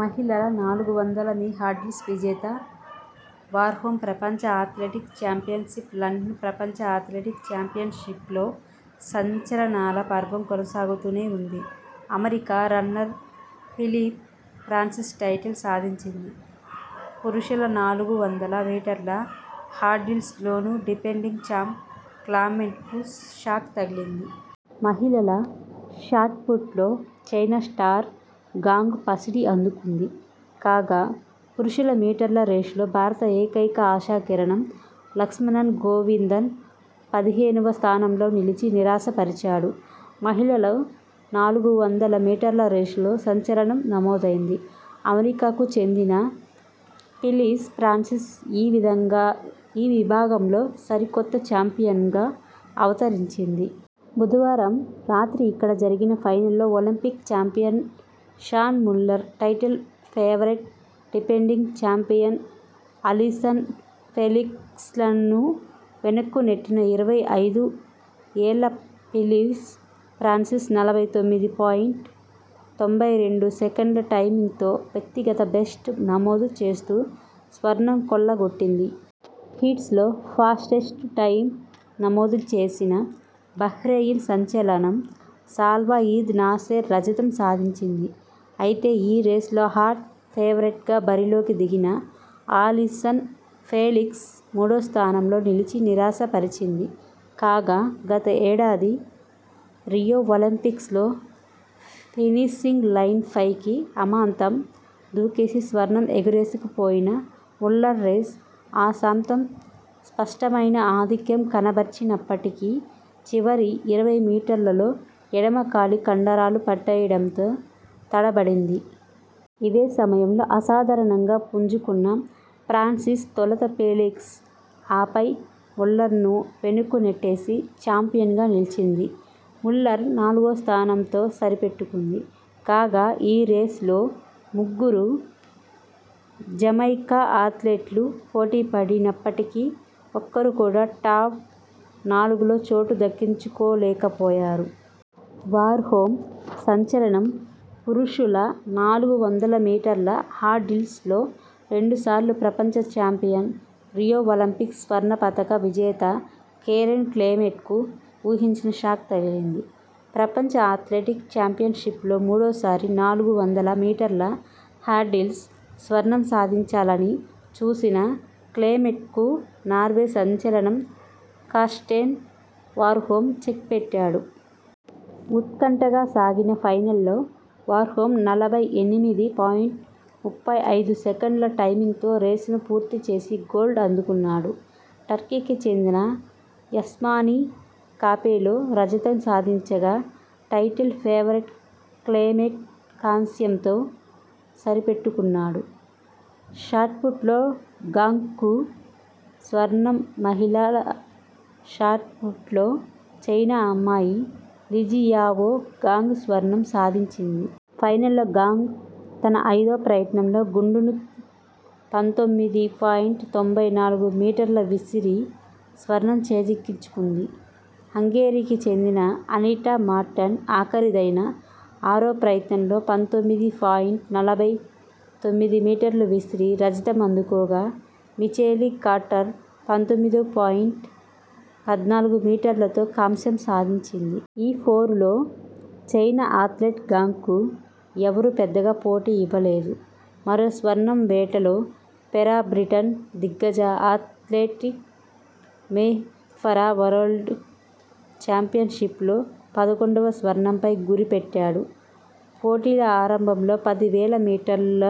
మహిళల నాలుగు వందల మీ హర్డిల్స్ విజేత వార్హోమ్ ప్రపంచ అథ్లెటిక్ చాంపియన్షిప్ లండన్ ప్రపంచ అథ్లెటిక్ చాంపియన్షిప్స్లో సంచలనాల పర్వం కొనసాగుతూనే ఉంది. America runner Phyllis Francis title సాధించింది. పురుషుల నాలుగు వందల మీటర్ల హర్డిల్స్లోనూ డిఫెండింగ్ చాంప్ క్లెమెంట్కు షాక్ తగిలింది. మహిళల షాట్పుట్లో చైనా స్టార్ గాంగ్ పసిడి అందుకుంది. కాగా, పురుషుల మీటర్ల రేసులో భారత ఏకైక ఆశా కిరణం లక్ష్మణన్ గోవిందన్ పదిహేనువ స్థానంలో నిలిచి నిరాశ పరిచాడు. మహిళల నాలుగు వందల మీటర్ల రేసులో సంచలనం నమోదైంది. అమెరికాకు చెందిన ఫిలిస్ ఫ్రాన్సిస్ ఈ విభాగంలో సరికొత్త చాంపియన్ గా అవతరించింది. బుధవారం రాత్రి ఇక్కడ జరిగిన ఫైనల్లో Olympic champion Shaun Muller, title favourite, defending champion Allyson ఫెలిక్స్లను వెనక్కు నెట్టిన ఇరవై ఐదు ఏళ్ల ఫిలిస్ ఫ్రాన్సిస్ నలభై తొమ్మిది పాయింట్ తొంభై రెండు సెకన్ల టైమింగ్తో వ్యక్తిగత బెస్ట్ నమోదు చేస్తూ, స్వర్ణం కొల్ల గొట్టింది. హీట్స్లో ఫాస్టెస్ట్ టైమ్ నమోదు చేసిన బహ్రెయిన్ సంచలనం సాల్వా ఇద్ నాసెర్ రజతం సాధించింది. అయితే ఈ రేసులో హాట్ ఫేవరెట్గా బరిలోకి దిగిన అలీసన్ ఫెలిక్స్ మూడో స్థానంలో నిలిచి నిరాశపరిచింది. కాగా, గతేడాది రియో ఒలింపిక్స్లో ఫినిషింగ్ లైన్పైకి అమాంతం దూకేసి స్వర్ణం ఎగరేసుకుపోయిన ముల్లర్ రేస్ ఆసాంతం స్పష్టమైన ఆధిక్యం కనబర్చినప్పటికీ, చివరి ఇరవై మీటర్ల లో ఎడమ కాలి కండరాలు పట్టేయడంతో తడ బడింది. ఇదే సమయంలో అసాధారణంగా పుంజు కున్న ఫ్రాన్సిస్ తొలుత ఫెలిక్స్, ఆపై ముల్లర్ను వెనక్కు నెట్టేసి చాంపియన్గా నిలిచింది. ముల్లర్ నాలుగో స్థానంతో సరి పెట్టుకుంది. కాగా ఈ రేసులో ముగ్గురు జమైకా అథ్లెట్లు పోటీ పడి నప్పటికీ ఒక్కరు కూడా టాప్, నాలుగు లో చోటు దక్కించు కోలేకపోయారు. వార్హోమ్ సంచలనం పురుషుల నాలుగు వందల మీటర్ల హర్డిల్స్లో రెండు సార్లు ప్రపంచ చాంపియన్, రియో ఒలింపిక్స్ స్వర్ణ పతక విజేత కెరోన్ క్లెమెంట్కు ఊహించని షాక్ తగిలింది. ప్రపంచ అథ్లెటిక్ చాంపియన్షిప్స్లో మూడోసారి నాలుగు వందల మీటర్ల హర్డిల్స్ స్వర్ణం సాధించాలని చూసిన క్లెమెంట్కు నార్వే సంచలనం కార్స్టెన్ వార్హోమ్ చెక్పెట్టా డు. ఉత్కంఠగా సాగిన ఫైనల్లో వార్హోమ్ నలభై ఎనిమిది పాయింట్ ముప్పై ఐదు సెకన్ల టైమింగ్తో రేసును పూర్తి చేసి గోల్డ్ అందుకున్నాడు. టర్కీకి చెందిన యస్మాని కాపెలో రజతం సాధించగా, టైటిల్ ఫేవరెట్ క్లెమెంట్ కాంస్యంతో సరి పెట్టుకున్నాడు. షాట్పుట్లో గాంగ్కు స్వర్ణంమహిళల షాట్పుట్లో చైనా అమ్మాయి లిజియావో గాంగ్ స్వర్ణం సాధించింది. ఫైనల్లో గాంగ్ తన ఐదో ప్రయత్నంలో గుండును పంతొమ్మిది పాయింట్ తొంభై నాలుగు మీటర్లు విసిరి స్వర్ణం చేజిక్కించుకుంది. హంగేరీకి చెందిన అనిటా మార్టన్ ఆఖరి దైన ఆరో ప్రయత్నంలో పంతొమ్మిది పాయింట్ నలభై తొమ్మిది మీటర్లు విసిరి రజతం అందుకోగా, మిచెలీ కార్టర్ పంతొమ్మిది పాయింట్ పద్నాలుగు మీటర్ల తో కాంస్యం సాధించింది. ఈ పోరులో చైనా అథ్లెట్ గాంగ్కు ఎవరూ పెద్దగా పోటీ ఇవ్వలేదు. మరో స్వర్ణం వేటలో ఫరాబ్రిటన్ దిగ్గజ అథ్లెట్ మో ఫరా వరల్డ్ చాంపియన్షిప్స్లో పదకొండువ స్వర్ణంపై గురి పెట్టాడు. పోటీల ఆరంభంలో పది వేల మీటర్ల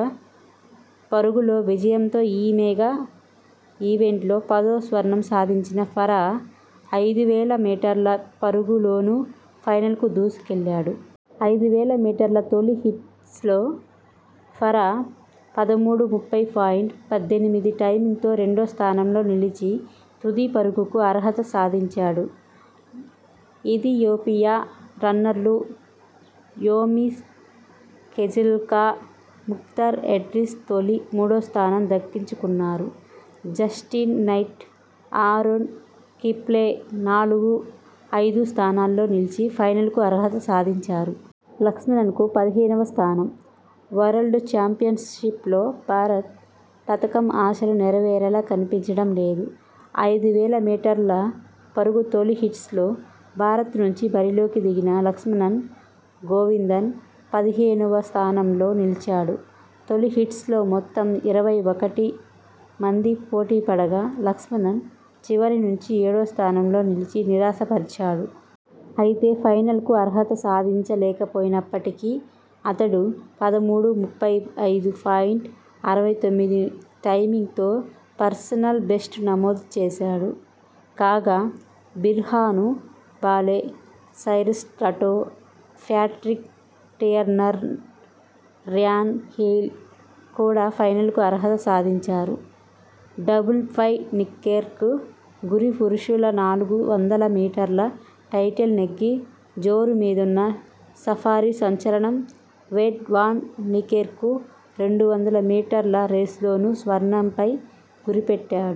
పరుగులో విజయంతో ఈ మెగా ఈవెంట్లో పదో స్వర్ణం సాధించిన ఫరా, ఐదు వేల మీటర్ల పరుగు లోనూ ఫైనల్కు దూసు కెళ్లాడు. ఐదు వేల మీటర్ల తొలి హీట్స్లో ఫరా పదమూడు ముప్పై పాయింట్ పద్దెనిమిది టైమింగ్తో రెండో స్థానంలో నిలిచి తుది పరుగుకు అర్హత సాధించాడు. ఇథియోపియా రన్నర్లు యోమిఫ్ కెజెల్కా, ముక్తర్ ఎడ్రిస్ తొలి, మూడో స్థానం దక్కించుకున్నారు. జస్టిన్ నైట్, ఆరోన్ కిఫ్లే నాలుగు, ఐదు స్థానాల్లో నిలిచి ఫైనల్కు అర్హత సాధించారు. లక్ష్మణన్కు పదిహేనువ స్థానం. వరల్డ్ చాంపియన్షిప్స్లో భారత్ పతకం ఆశలు నెరవేరేలా కనిపించడం లేదు. ఐదు వేల మీటర్ల పరుగు తొలి హీట్స్లో భారత్ నుంచి బరిలోకి దిగిన లక్ష్మణన్ గోవిందన్ పదిహేనువ స్థానంలో నిలిచాడు. తొలి హీట్స్లో మొత్తం ఇరవై ఒకటి మంది పోటీపడగా, లక్ష్మణన్ చివరి నుంచి ఏడో స్థానంలో నిలిచి నిరాశ పరిచాడు. అయితే ఫైనల్కు అర్హత సాధించ లేకపోయినప్పటికీ అతడు పదమూడు ముప్పై ఐదు పాయింట్ అరవై తొమ్మిది టైమింగ్తో పర్సనల్ బెస్ట్ నమోదు చేశాడు. కాగా, Birhanu Balew, Cyrus Rutto, Patrick Tiernan, Ryan Hill కూడా ఫైనల్కు అర్హత సాధించారు. డబుల్పై నీకెర్క్ గురి పురుషుల నాలుగు వందల మీటర్ల టైటిల్ నెగ్గి జోరు మీదున్న సఫారీ సంచలనం వేడ్ వాన్ నీకెర్క్ రెండు వందల మీటర్ల రేసులోనూ స్వర్ణంపై గురిపెట్టాడు.